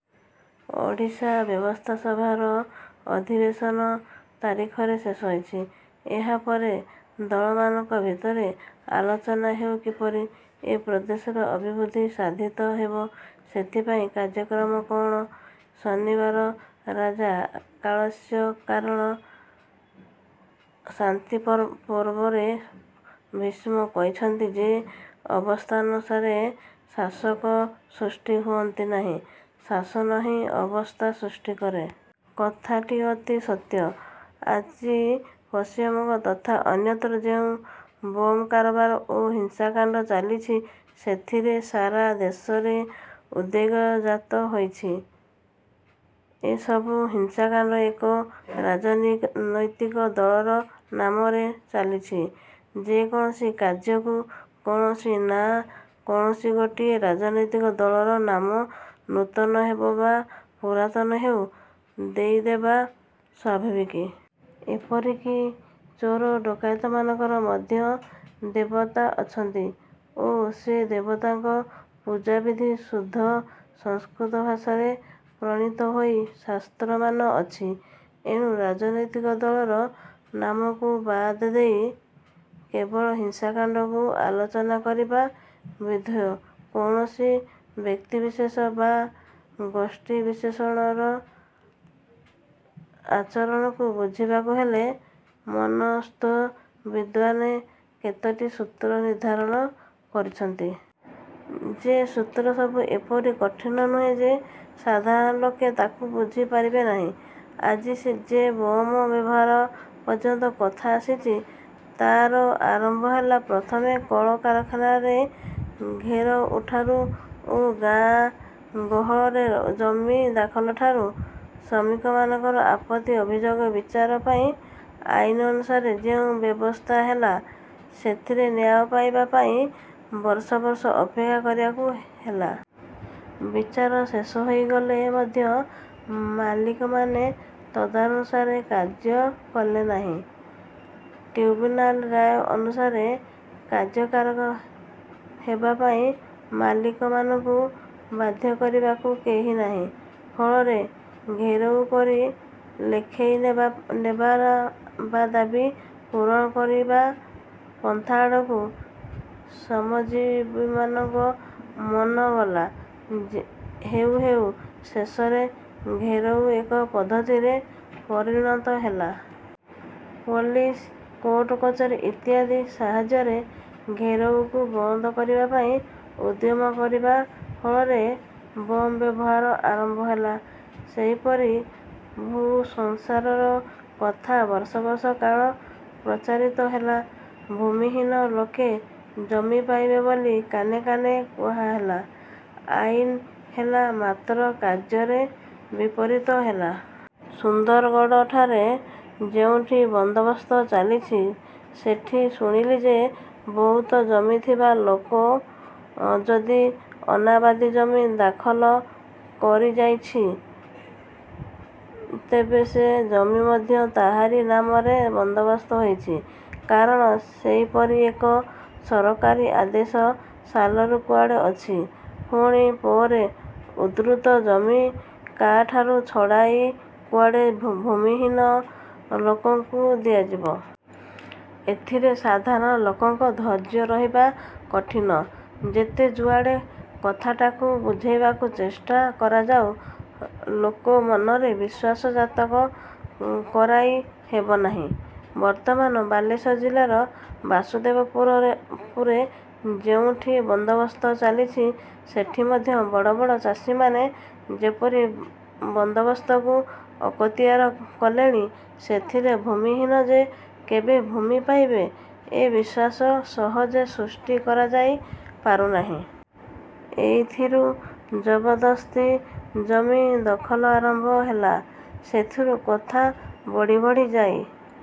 ଓଡ଼ିଶା ବ୍ୟବସ୍ଥାସଭାର ଅଧିବେଶନ ତା ରିଖରେ ଶେଷ ହେଉଛି। ଏହାପରେ ଦଳମାନଙ୍କ ଭିତରେ ଆଲୋଚନା ହେଉ କିପରି ଏ ପ୍ରଦେଶର ଅଭିବୃଦ୍ଧି ସାଧିତ ହେବ। ସେଥିପାଇଁ କାର୍ଯ୍ୟକ୍ରମ କଅଣ? ଶନିବାର ରାଜା କାଳସ୍ୟ କାରଣଂ ଶାନ୍ତିପର୍ବରେ ଭୀଷ୍ମ କହିଛନ୍ତି ଯେ ଅବସ୍ଥାନୁସାରେ ଶାସକ ସୃଷ୍ଟି ହୁଅନ୍ତି ନାହିଁ; ଶାସନ ହିଁ ଅବସ୍ଥା ସୃଷ୍ଟି କରେ। କଥାଟି ଅତି ସତ୍ୟ। ଆଜି ପଶ୍ଚିମବଙ୍ଗ ତଥା ଅନ୍ୟତ୍ର ଯେଉଁ ବମ୍ କାରବାର ଓ ହିଂସାକାଣ୍ଡ ଚାଲିଛି, ସେଥିରେ ସାରା ଦେଶରେ ଉଦ୍ବେଗ ଜାତ ହୋଇଛି। ଏ ସବୁ ହିଂସାକାଣ୍ଡ ଏକ ରାଜନୈତିକ ଦଳ ନାମରେ ଚାଲିଛି। ଯେ କୌଣସି କାର୍ଯ୍ୟକୁ କୌଣସି ନା କୌଣସି ଗୋଟିଏ ରାଜନୈତିକ ଦଳର ନାମ ନୂତନ ହେଉ ବା ପୁରାତନ ହେଉ ଦେଇଦେବା ସ୍ୱାଭାବିକ। ଏପରିକି ଚୋର ଡକାୟତମାନଙ୍କର ମଧ୍ୟ ଦେବତା ଅଛନ୍ତି ଓ ସେ ଦେବତାଙ୍କ ପୂଜାବିଧି ଶୁଦ୍ଧ ସଂସ୍କୃତ ଭାଷାରେ ପ୍ରଣୀତ ହୋଇ ଶାସ୍ତ୍ରମାନ ଅଛି। ଏଣୁ ରାଜନୈତିକ ଦଳର ନାମକୁ ବାଦ ଦେଇ କେବଳ ହିଂସାକାଣ୍ଡକୁ ଆଲୋଚନା କରିବା ବିଧେୟ। କୌଣସି ବ୍ୟକ୍ତିବିଶେଷ ବା ଗୋଷ୍ଠୀବିଶେଷର ଆଚରଣକୁ ବୁଝିବାକୁ ହେଲେ ମନସ୍ତତ୍ତ୍ୱବିଦ୍ମାନେ କେତୋଟି ସୂତ୍ର ନିର୍ଦ୍ଧାରଣ କରିଛନ୍ତି। ସେ ସୂତ୍ର ସବୁ ଏପରି କଠିନ ନୁହେଁ ଯେ ସାଧାରଣ ଲୋକେ ତାକୁ ବୁଝି ପାରିବେନାହିଁ। ଆଜି ଯେ ବମ୍ ବ୍ୟବହାର ପର୍ଯ୍ୟନ୍ତ କଥା ଆସିଛି, ତା'ର ଆରମ୍ଭ ହେଲା ପ୍ରଥମେ କଳ କାରଖାନାରେ ଘେରଉଠାରୁ ଓ ଗାଁ। ଗହଳରେ ଜମି ଦଖଲ ଠାରୁ। ଶ୍ରମିକମାନଙ୍କ ଆପତ୍ତି ଅଭିଯୋଗ ବିଚାର ପାଇଁ ଆଇନ ଅନୁସାରେ ଯେଉଁ ବ୍ୟବସ୍ଥା ହେଲା, ସେଥିରେ ନ୍ୟାୟ ପାଇବା ପାଇଁ ବର୍ଷ ବର୍ଷ ଅପେକ୍ଷା କରିବାକୁ ହେଲା। ବିଚାର ଶେଷ ହୋଇଗଲେ ମଧ୍ୟ ମାଲିକମାନେ ତଦନୁସାରେ କାର୍ଯ୍ୟ କଲେନାହିଁ। ଟ୍ରିବ୍ୟୁନାଲର ରାୟ ଅନୁସାରେ କାର୍ଯ୍ୟକାରକ ହେବା ପାଇଁ ମାଲିକମାନଙ୍କୁ ବାଧ୍ୟ କରିବାକୁ କେହି ନାହିଁ। ଫଳରେ ଘେରଉ କରି ଲେଖେଇ ନେବା ବା ଦାବି ପୂରଣ କରିବା ପନ୍ଥାଆଡ଼କୁ ଶ୍ରମଜୀବୀମାନଙ୍କ ମନ ଗଲା। ହେଉଁ ହେଉଁ ଶେଷରେ ଘେରଉ ଏକ ପଦ୍ଧତିରେ ପରିଣତ ହେଲା। ପୋଲିସ, କୋର୍ଟ କଚେରୀ ଇତ୍ୟାଦି ସାହାଯ୍ୟରେ ଘେରୋଉକୁ ବନ୍ଦ କରିବା ପାଇଁ ଉଦ୍ୟମ କରିବା ଫଳରେ ବମ୍ ବ୍ୟବହାର ଆରମ୍ଭ ହେଲା। ସେପରି ଭୂସଂସ୍କାର କଥା ବର୍ଷ ବର୍ଷ କାଳ ପ୍ରଚାରିତ ହେଲା। ଭୂମିହୀନ ଲୋକେ ଜମି ପାଇବେ ବୋଲି କାନେ କାନେ କୁହାହେଲା। ଆଇନ ହେଲା; ମାତ୍ର କାର୍ଯ୍ୟରେ ବିପରୀତ ହେଲା। ସୁନ୍ଦରଗଡ଼ରେ ଯେଉଁଠି ବନ୍ଦୋବସ୍ତ ଚାଲିଛି, ସେଠି ଶୁଣିଲି ଯେ, ବହୁତ ଜମିଥିବା ଲୋକ ଯଦି ଅନାବାଦୀ ଜମି ଦଖଲ କରିଯାଇଛି, ତେବେ ସେ ଜମି ମଧ୍ୟ ତାହାରି ନାମରେ ବନ୍ଦୋବସ୍ତ ହେଉଛି; କାରଣ ସେହିପରି ଏକ ସରକାରୀ ଆଦେଶ ସାଲରୁ କୁଆଡ଼େ ଅଛି। ପୁଣି ପରେ ଉଦ୍ବୃତ୍ତ ଜମି କା'ଠାରୁ ଛଡ଼ାଇ କୁଆଡ଼େ ଭୂମିହୀନ ଲୋକଙ୍କୁ ଦିଆଯିବ। ଏଥିରେ ସାଧାରଣ ଲୋକଙ୍କ ଧୈର୍ଯ୍ୟ ରହିବା କଠିନ। ଯେତେ ଯୁଆଡ଼ୁ କଥାଟାକୁ ବୁଝାଇବାକୁ ଚେଷ୍ଟା କରାଯାଉ, ଲୋକ ମନରେ ବିଶ୍ୱାସ ଜାତ କରାଇ ହେବନାହିଁ। ବର୍ତ୍ତମାନ ବାଲେଶ୍ୱର ଜିଲ୍ଲାର ବାସୁଦେବପୁରରେ ଯେଉଁଠି ବନ୍ଦୋବସ୍ତ ଚାଲିଛି, ସେଠି ମଧ୍ୟ ବଡ଼ ବଡ଼ ଚାଷୀମାନେ ଯେପରି ବନ୍ଦୋବସ୍ତକୁ ଅକତିୟାର କଲେଣି, ସେଥିରେ ଭୂମିହୀନ ଯେ କେବେ ଭୂମି ପାଇବେ ଏ ବିଶ୍ୱାସ ସହଜେ ସୃଷ୍ଟି କରାଯାଇ ପାରୁନାହିଁ। ଏଇଥିରୁ ଜବରଦସ୍ତି ଜମି ଦଖଲ ଆରମ୍ଭ ହେଲା। ସେଥିରୁ କଥା ବଢ଼ି ବଢ଼ି ଯାଇ